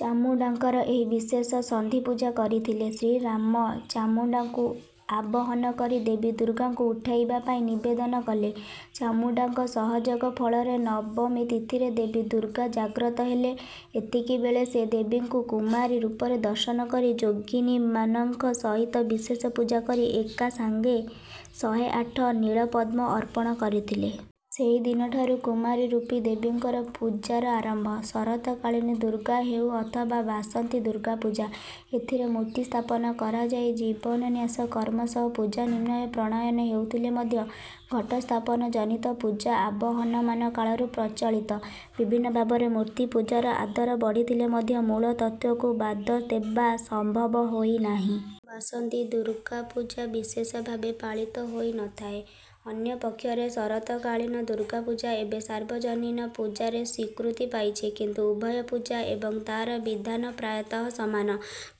ଚାମୁଣ୍ଡାଙ୍କର ଏହି ବିଶେଷ ସନ୍ଧିପୂଜା କରିଥିଲେ। ଶ୍ରୀରାମ ଚାମୁଣ୍ଡାଙ୍କୁ ଆବାହନ କରି ଦେବୀ ଦୁର୍ଗାଙ୍କୁ ଉଠାଇବା ପାଇଁ ନିବେଦନ କଲେ। ଚାମୁଣ୍ଡାଙ୍କ ସହଯୋଗ ଫଳରେ ନବମୀ ତିଥିରେ ଦେବୀ ଦୁର୍ଗା ଜାଗ୍ରତ ହେଲେ। ଏତିକିବେଳେ ସେ ଦେବୀଙ୍କୁ କୁମାରୀ ରୂପରେ ଦର୍ଶନ କରି ଯୋଗିନୀମାନଙ୍କ ସହିତ ବିଶେଷ ପୂଜା କରି ଏକାସାଙ୍ଗେ ଶହେଆଠ ନୀଳପଦ୍ମ ଅର୍ପଣ କରିଥିଲେ। ସେହି ଦିନଠାରୁ କୁମାରୀ ରୂପୀ ଦେବୀଙ୍କର ପୂଜାର ଆରମ୍ଭ। ଶରତକାଳୀନ ଦୁର୍ଗା ହେଉ ଅଥବା ବାସନ୍ତି ଦୁର୍ଗାପୂଜା ଏଥିରେ ମୂର୍ତ୍ତି ସ୍ଥାପନ କରାଯାଇ ଜୀବନ୍ୟାସ କର୍ମ ସହ ପୂଜା ନିୟମ ପ୍ରଣୟନ ହେଉଥିଲେ ମଧ୍ୟ ଘଟସ୍ଥାପନ ଜନିତ ପୂଜା ଆବହମାନ କାଳରୁ ପ୍ରଚଳିତ। ବିଭିନ୍ନ ଭାବରେ ମୂର୍ତ୍ତିପୂଜାର ଆଦର ବଢିଥିଲେ ମଧ୍ୟ ମୂଳ ତତ୍ତ୍ୱକୁ ବାଦ ଦେବା ସମ୍ଭବ ହୋଇନାହିଁ। ବାସନ୍ତୀ ଦୁର୍ଗାପୂଜା ବିଶେଷ ଭାବେ ପାଳିତ ହୋଇ ନ ଥାଏ। ଅନ୍ୟପକ୍ଷରେ ଶରତକାଳୀନ ଦୁର୍ଗାପୂଜା ଏବେ ସାର୍ବଜନୀନ ପୂଜାର ସ୍ୱୀକୃତି ପାଇଛି କିନ୍ତୁ ଉଭୟ ପୂଜା ଏବଂ ତାର ବିଧାନ ପ୍ରାୟତଃ ସମାନ।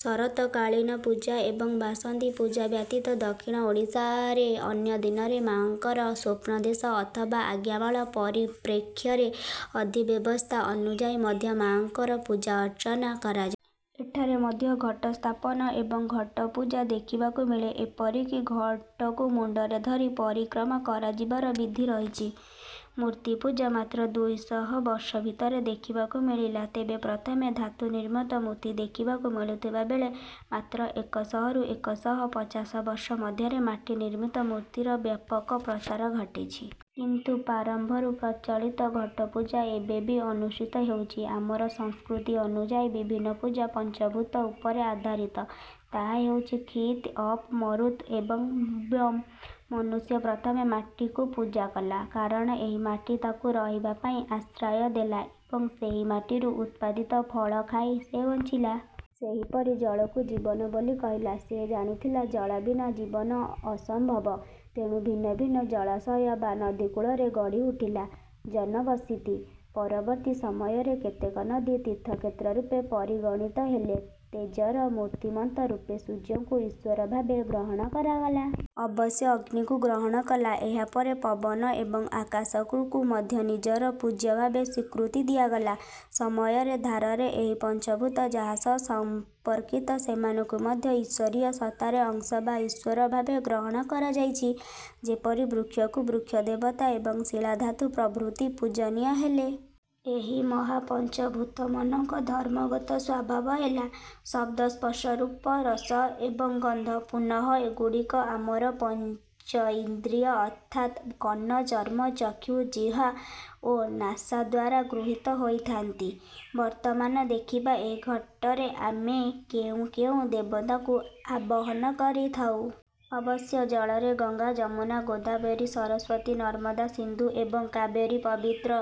ଶରତକାଳୀନ ପୂଜା ଏବଂ ବାସନ୍ତୀପୂଜା ବ୍ୟତୀତ ଦକ୍ଷିଣ ଓଡ଼ିଶାରେ ଅନ୍ୟ ଦିନରେ ମାଙ୍କର ସ୍ୱପ୍ନାଦେଶ ଅଥବା ଆଜ୍ଞାମାଳ ପରିପ୍ରେକ୍ଷୀରେ ବିଧିବ୍ୟବସ୍ଥା ଅନୁଯାୟୀ ମଧ୍ୟ ମାଙ୍କର ପୂଜା ଅର୍ଚ୍ଚନା କରାଯାଏ। ଏଠାରେ ମଧ୍ୟ ଘଟ ସ୍ଥାପନ ଏବଂ ଘଟପୂଜା ଦେଖିବାକୁ ମିଳେ ଏପରିକି ଘଟକୁ ମୁଣ୍ଡରେ ଧରି ପରିକ୍ରମା କରାଯିବାର ବିଧି ରହିଛି। ମୂର୍ତ୍ତିପୂଜା ମାତ୍ର ଦୁଇ ଶହ ବର୍ଷ ଭିତରେ ଦେଖିବାକୁ ମିଳିଲା। ତେବେ ପ୍ରଥମେ ଧାତୁ ନିର୍ମିତ ମୂର୍ତ୍ତି ଦେଖିବାକୁ ମିଳୁଥିବା ବେଳେ ମାତ୍ର ଏକ ଶହରୁ ଏକ ଶହ ପଚାଶ ବର୍ଷ ମଧ୍ୟରେ ମାଟି ନିର୍ମିତ ମୂର୍ତ୍ତିର ବ୍ୟାପକ ପ୍ରସାର ଘଟିଛି। କିନ୍ତୁ ପ୍ରାରମ୍ଭରୁ ପ୍ରଚଳିତ ଘଟପୂଜା ଏବେ ବି ଅନୁଷ୍ଠିତ ହେଉଛି। ଆମର ସଂସ୍କୃତି ଅନୁଯାୟୀ ବିଭିନ୍ନ ପୂଜା ପଞ୍ଚଭୂତ ଉପରେ ଆଧାରିତ। ତାହା ହେଉଛି କ୍ଷିତ୍ ଅପ୍ ମରୁତ୍ ଏବଂ ବ୍ୟୋମ୍। ମନୁଷ୍ୟ ପ୍ରଥମେ ମାଟିକୁ ପୂଜାକଲା। କାରଣ ଏହି ମାଟି ତାକୁ ରହିବା ପାଇଁ ଆଶ୍ରୟ ଦେଲା ଏବଂ ସେହିମାଟିରୁ ଉତ୍ପାଦିତ ଫଳ ଖାଇ ସେ ବଞ୍ଚିଲା। ସେହିପରି ଜଳ କୁ ଜୀବନ ବୋଲି କହିଲା। ସେ ଜାଣିଥିଲା ଜଳ ବିନା ଜୀବନ ଅସମ୍ଭବ। ତେଣୁ ଭିନ୍ନ ଭିନ୍ନ ଜଳାଶୟ ବା ନଦୀକୂଳରେ ଗଢିଉଠିଲା ଜନବସତି। ପରବର୍ତ୍ତୀ ସମୟରେ କେତେକ ନଦୀ ତୀର୍ଥକ୍ଷେତ୍ର ରୂପେ ପରିଗଣିତ ହେଲେ। ତେଜର ମୂର୍ତ୍ତିମନ୍ତ ରୂପ ସୂର୍ଯ୍ୟଙ୍କୁ ଈଶ୍ୱର ଭାବେ ଗ୍ରହଣ କରାଗଲା। ଅବଶ୍ୟ ଅଗ୍ନିକୁ ଗ୍ରହଣ କଲା ଏହାପରେ। ପବନ ଏବଂ ଆକାଶ କୁ ମଧ୍ୟ ନିଜର ପୂଜ୍ୟ ଭାବେ ସ୍ୱୀକୃତି ଦିଆଗଲା। ସମୟର ଧାରାରେ ଏହି ପଞ୍ଚଭୂତ ଯାହା ସହ ସମ୍ପର୍କିତ ସେମାନଙ୍କୁ ମଧ୍ୟ ଈଶ୍ୱରୀୟ ସତ୍ତାର ଅଂଶ ବା ଈଶ୍ୱର ଭାବେ ଗ୍ରହଣ କରାଯାଇଛି। ଯେପରି ବୃକ୍ଷକୁ ବୃକ୍ଷଦେବତା ଏବଂ ଶିଳା ଧାତୁ ପ୍ରଭୃତି ପୂଜନୀୟ ହେଲେ। ଏହି ମହାପଞ୍ଚଭୂତମନଙ୍କ ଧର୍ମଗତ ସ୍ୱଭାବ ହେଲା ଶବ୍ଦ ସ୍ପର୍ଶ ରୂପ ରସ ଏବଂ ଗନ୍ଧ। ପୁନଃ ଏଗୁଡ଼ିକ ଆମର ପଞ୍ଚଇନ୍ଦ୍ରୀୟ ଅର୍ଥାତ୍ କର୍ଣ୍ଣ ଚର୍ମ ଚକ୍ଷୁ ଜିହ୍ୱା ଓ ନାସାଦ୍ୱାରା ଗୃହିତ ହୋଇଥାନ୍ତି। ବର୍ତ୍ତମାନ ଦେଖିବା ଏହି ଘଟରେ ଆମେ କେଉଁ କେଉଁ ଦେବତାଙ୍କୁ ଆବାହନ କରିଥାଉ। ଅବଶ୍ୟ ଜଳରେ ଗଙ୍ଗା ଯମୁନା ଗୋଦାବରୀ ସରସ୍ୱତୀ ନର୍ମଦା ସିନ୍ଧୁ ଏବଂ କାବେରୀର ପବିତ୍ର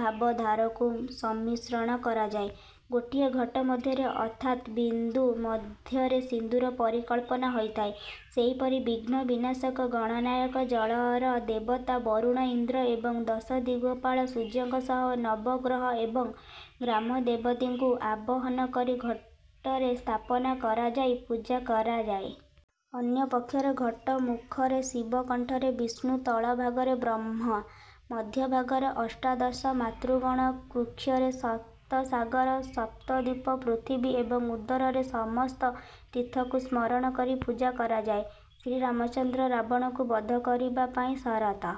ଭାବଧାରାକୁ ସମ୍ମିଶ୍ରଣ କରାଯାଏ। ଗୋଟିଏ ଘଟ ମଧ୍ୟରେ ଅର୍ଥାତ ବିନ୍ଦୁ ମଧ୍ୟରେ ସିନ୍ଧୁର ପରିକଳ୍ପନା ହୋଇଥାଏ। ସେହିପରି ବିଘ୍ନ ବିନାଶକ ଗଣନାୟକ ଜଳର ଦେବତା ବରୁଣ ଇନ୍ଦ୍ର ଏବଂ ଦଶଦିଗପାଳ ସୂର୍ଯ୍ୟଙ୍କ ସହ ନବଗ୍ରହ ଏବଂ ଗ୍ରାମଦେବତୀଙ୍କୁ ଆବାହନ କରି ଘଟରେ ସ୍ଥାପନା କରାଯାଇ ପୂଜା କରାଯାଏ। ଅନ୍ୟ ପକ୍ଷରେ ଘଟ ମୁଖରେ ଶିବ କଣ୍ଠରେ ବିଷ୍ଣୁ ତଳ ଭାଗରେ ବ୍ରହ୍ମା ମଧ୍ୟଭାଗରେ ଅଷ୍ଟାଦଶ ମାତୃଗଣ କୁକ୍ଷୀରେ ସପ୍ତସାଗର ସପ୍ତଦ୍ୱୀପ ପୃଥିବୀ ଏବଂ ଉଦରରେ ସମସ୍ତ ତୀର୍ଥକୁ ସ୍ମରଣ କରି ପୂଜା କରାଯାଏ। ଶ୍ରୀରାମଚନ୍ଦ୍ର ରାବଣଙ୍କୁ ବଧ କରିବା ପାଇଁ ଶରତ